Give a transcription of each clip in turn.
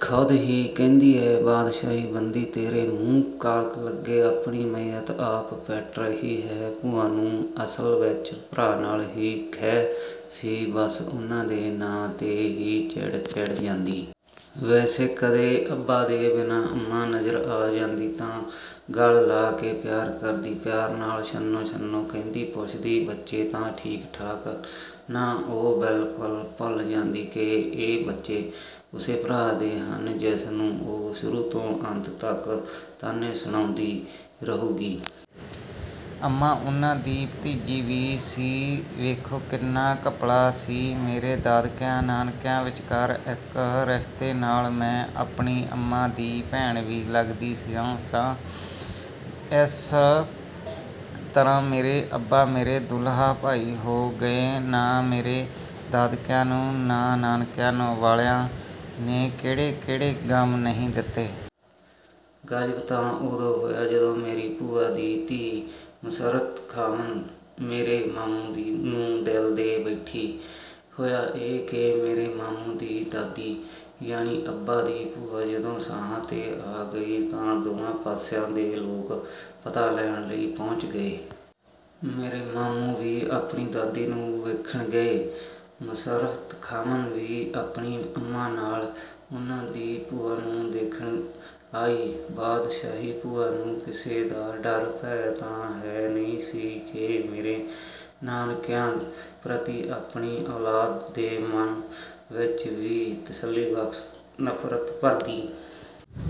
ਖ਼ੁਦ ਹੀ ਕਹਿੰਦੀ, ''ਐ ਬਾਦਸ਼ਾਹੀ ਬੰਦੀ, ਤੇਰੇ ਮੂੰਹ ਕਾਲਖ ਲੱਗੇ। ਆਪਣੀ ਮਈਅਤ ਆਪ ਪਿੱਟ ਰਹੀ ਹੈਂ।'' ਭੂਆ ਨੂੰ ਅਸਲ ਵਿੱਚ ਭਰਾ ਨਾਲ ਹੀ ਖਹਿ ਸੀ। ਬਸ ਉਨ੍ਹਾਂ ਦੇ ਨਾਂ 'ਤੇ ਹੀ ਚਿੜ-ਚੜ੍ਹ ਜਾਂਦੀ। ਵੈਸੇ ਕਦੇ ਅੱਬਾ ਦੇ ਬਿਨਾਂ ਅੰਮਾਂ ਨਜ਼ਰ ਆ ਜਾਂਦੀ ਤਾਂ ਗਲ ਲਾ ਕੇ ਪਿਆਰ ਕਰਦੀ। ਪਿਆਰ ਨਾਲ ''ਨੱਛੋ ਨੱਛੋ'' ਕਹਿੰਦੀ। ਪੁੱਛਦੀ, ''ਬੱਚੇ ਤਾਂ ਠੀਕ-ਠਾਕ ਹਨ ਨਾ?" ਉਹ ਬਿਲਕੁਲ ਭੁੱਲ ਜਾਂਦੀ ਕਿ, ਇਹ ਬੱਚੇ ਉਸੇ ਭਰਾ ਦੇ ਹਨ ਜਿਸ ਨੂੰ ਉਹ ਸ਼ੁਰੂ ਤੋਂ ਅੰਤ ਤੱਕ ਤਾਣੇ ਸੁਣਾਉਂਦੀ ਰਹੇਗੀ। ਅੰਮਾਂ ਉਨ੍ਹਾਂ ਦੀ ਭਤੀਜੀ ਵੀ ਸੀ - ਵੇਖੋ ਕਿੰਨਾ ਘਪਲਾ ਸੀ ਮੇਰੇ ਦਾਦਕਿਆਂ, ਨਾਨਕਿਆਂ ਵਿਚਕਾਰ! ਇੱਕ ਰਿਸ਼ਤੇ ਨਾਲ ਮੈਂ ਆਪਣੀ ਅੰਮਾਂ ਦੀ ਭੈਣ ਵੀ ਲੱਗਦੀ ਸਾਂ। ਇਸ ਤਰ੍ਹਾਂ ਮੇਰੇ ਅੱਬਾ ਮੇਰੇ ਦੂਲਹਾ ਭਾਈ ਹੋ ਗਏ ਨਾ ਮੇਰੇ ਦਾਦਕਿਆਂ ਨੂੰ ਨਾ ਨਾਨਕਿਆਂ ਵਾਲਿਆਂ ਨੇ ਕਿਹੜੇ-ਕਿਹੜੇ ਗ਼ਮ ਨਹੀਂ ਦਿੱਤੇ। ਗ਼ਜ਼ਬ ਤਾਂ ਉਦੋਂ ਹੋਇਆ ਜਦੋਂ ਮੇਰੀ ਭੂਆ ਦੀ ਧੀ ਮੁਸੱਰਤ ਖ਼ਾਨਮ ਮੇਰੇ ਮਾਮੂ ਨੂੰ ਦਿਲ ਦੇ ਬੈਠੀ। ਹੋਇਆ ਇਹ ਕਿ ਮੇਰੇ ਮਾਮੂ ਦੀ ਦਾਦੀ, ਯਾਨੀ ਅੱਬਾ ਦੀ ਭੂਆ ਜਦੋਂ ਸਾਹਾਂ 'ਤੇ ਆ ਗਈ ਤਾਂ ਦੋਵਾਂ ਪਾਸਿਆਂ ਦੇ ਲੋਕ ਪਤਾ ਲੈਣ ਲਈ ਪਹੁੰਚ ਗਏ। ਮੇਰੇ ਮਾਮੂ ਵੀ ਆਪਣੀ ਦਾਦੀ ਨੂੰ ਦੇਖਣ ਗਏ। ਮੁਸੱਰਤ ਖ਼ਾਨਮ ਵੀ ਆਪਣੀ ਅੰਮਾਂ ਨਾਲ ਉਨ੍ਹਾਂ ਦੀ ਭੂਆ ਨੂੰ ਦੇਖਣ ਆਈ। ਬਾਦਸ਼ਾਹੀ ਭੂਆ ਨੂੰ ਕਿਸੇ ਦਾ ਡਰ-ਭੈਅ ਤਾਂ ਹੈ ਨਹੀਂ ਸੀ ਕਿ ਮੇਰੇ ਨਾਨਕਿਆਂ ਪ੍ਰਤੀ ਆਪਣੀ ਔਲਾਦ ਦੇ ਮਨ ਵਿੱਚ ਵੀ ਤਸੱਲੀਬਖ਼ਸ਼ ਨਫ਼ਰਤ ਭਰਦੀ।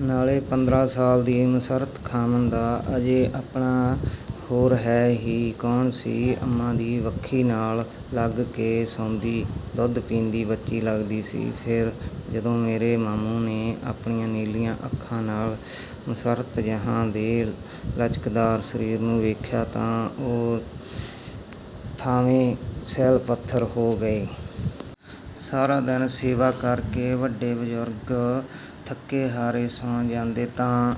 ਨਾਲੇ ਪੰਦਰਾਂ ਸਾਲ ਦੀ ਮੁਸੱਰਤ ਖ਼ਾਨਮ ਦਾ ਅਜੇ ਆਪਣਾ ਹੋਰ ਹੈ ਹੀ ਕੌਣ ਸੀ। ਅੰਮਾਂ ਦੀ ਵੱਖੀ ਨਾਲ ਲੱਗ ਕੇ ਸੌਂਦੀ, ਦੁੱਧ ਪੀਂਦੀ ਬੱਚੀ ਲੱਗਦੀ ਸੀ। ਫਿਰ ਜਦੋਂ ਮੇਰੇ ਮਾਮੂ ਨੇ ਆਪਣੀਆਂ ਨੀਲੀਆਂ ਅੱਖਾਂ ਨਾਲ ਮੁਸੱਰਤ ਜਹਾਂ ਦੇ ਲਚਕਦਾਰ ਸਰੀਰ ਨੂੰ ਦੇਖਿਆ ਤਾਂ ਉਹ ਥਾਂਵੇਂ ਸਿਲ-ਪੱਥਰ ਹੋ ਗਈ। ਸਾਰਾ ਦਿਨ ਸੇਵਾ ਕਰ ਕੇ ਵੱਡੇ ਬਜ਼ੁਰਗ ਥੱਕੇ-ਹਾਰੇ ਸੌਂ ਜਾਂਦੇ ਤਾਂ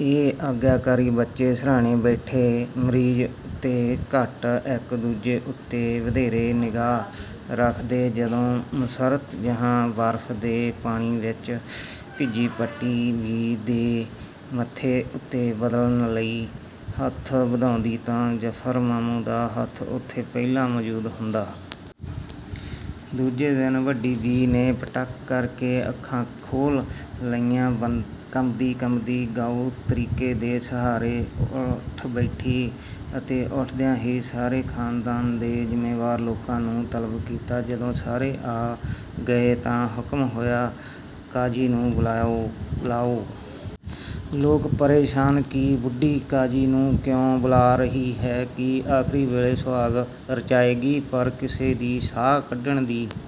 ਇਹ ਆਗਿਆਕਾਰੀ ਬੱਚੇ ਸਿਰਹਾਣੇ ਬੈਠੇ, ਮਰੀਜ਼ ਉੱਤੇ ਘੱਟ, ਇੱਕ-ਦੂਜੇ ਉੱਤੇ ਵਧੇਰੇ ਨਿਗਾਹ ਰੱਖਦੇ। ਜਦੋਂ ਮੁਸੱਰਤ ਜਹਾਂ ਬਰਫ਼ ਦੇ ਪਾਣੀ ਵਿੱਚ ਭਿੱਜੀ ਪੱਟੀ ਵੱਡੀ ਬੀ ਦੇ ਮੱਥੇ ਉੱਤੇ ਬਦਲਣ ਲਈ ਹੱਥ ਵਧਾਉਂਦੀ ਤਾਂ ਜਫ਼ਰ ਮਾਮੂ ਦਾ ਹੱਥ ਉੱਥੇ ਪਹਿਲਾਂ ਮੌਜੂਦ ਹੁੰਦਾ। ਦੂਜੇ ਦਿਨ ਵੱਡੀ ਬੀ ਨੇ ਪਟਕ ਕਰ ਕੇ ਅੱਖਾਂ ਖੋਲ੍ਹ ਲਈਆਂ। ਕੰਬਦੀ-ਕੰਬਦੀ ਗਾਉ ਤਕੀਏ ਦੇ ਸਹਾਰੇ ਉੱਠ ਬੈਠੀ ਅਤੇ ਉੱਠਦਿਆਂ ਹੀ ਸਾਰੇ ਖ਼ਾਨਦਾਨ ਦੇ ਜ਼ਿੰਮੇਵਾਰ ਲੋਕਾਂ ਨੂੰ ਤਲਬ ਕੀਤਾ। ਜਦੋਂ ਸਾਰੇ ਆ ਗਏ ਤਾਂ ਹੁਕਮ ਹੋਇਆ, ''ਕਾਜ਼ੀ ਨੂੰ ਬੁਲਾਓ''ਬੁਲਾਓ।" ਲੋਕ ਪਰੇਸ਼ਾਨ ਕਿ ਬੁੱਢੀ ਕਾਜ਼ੀ ਨੂੰ ਕਿਉਂ ਬੁਲਾ ਰਹੀ ਹੈ। ਕੀ ਆਖ਼ਰੀ ਵੇਲੇ ਸੁਹਾਗ ਰਚਾਏਗੀ? ਪਰ ਕਿਸੇ ਦੀ ਸਾਹ ਕੱਢਣ ਦੀ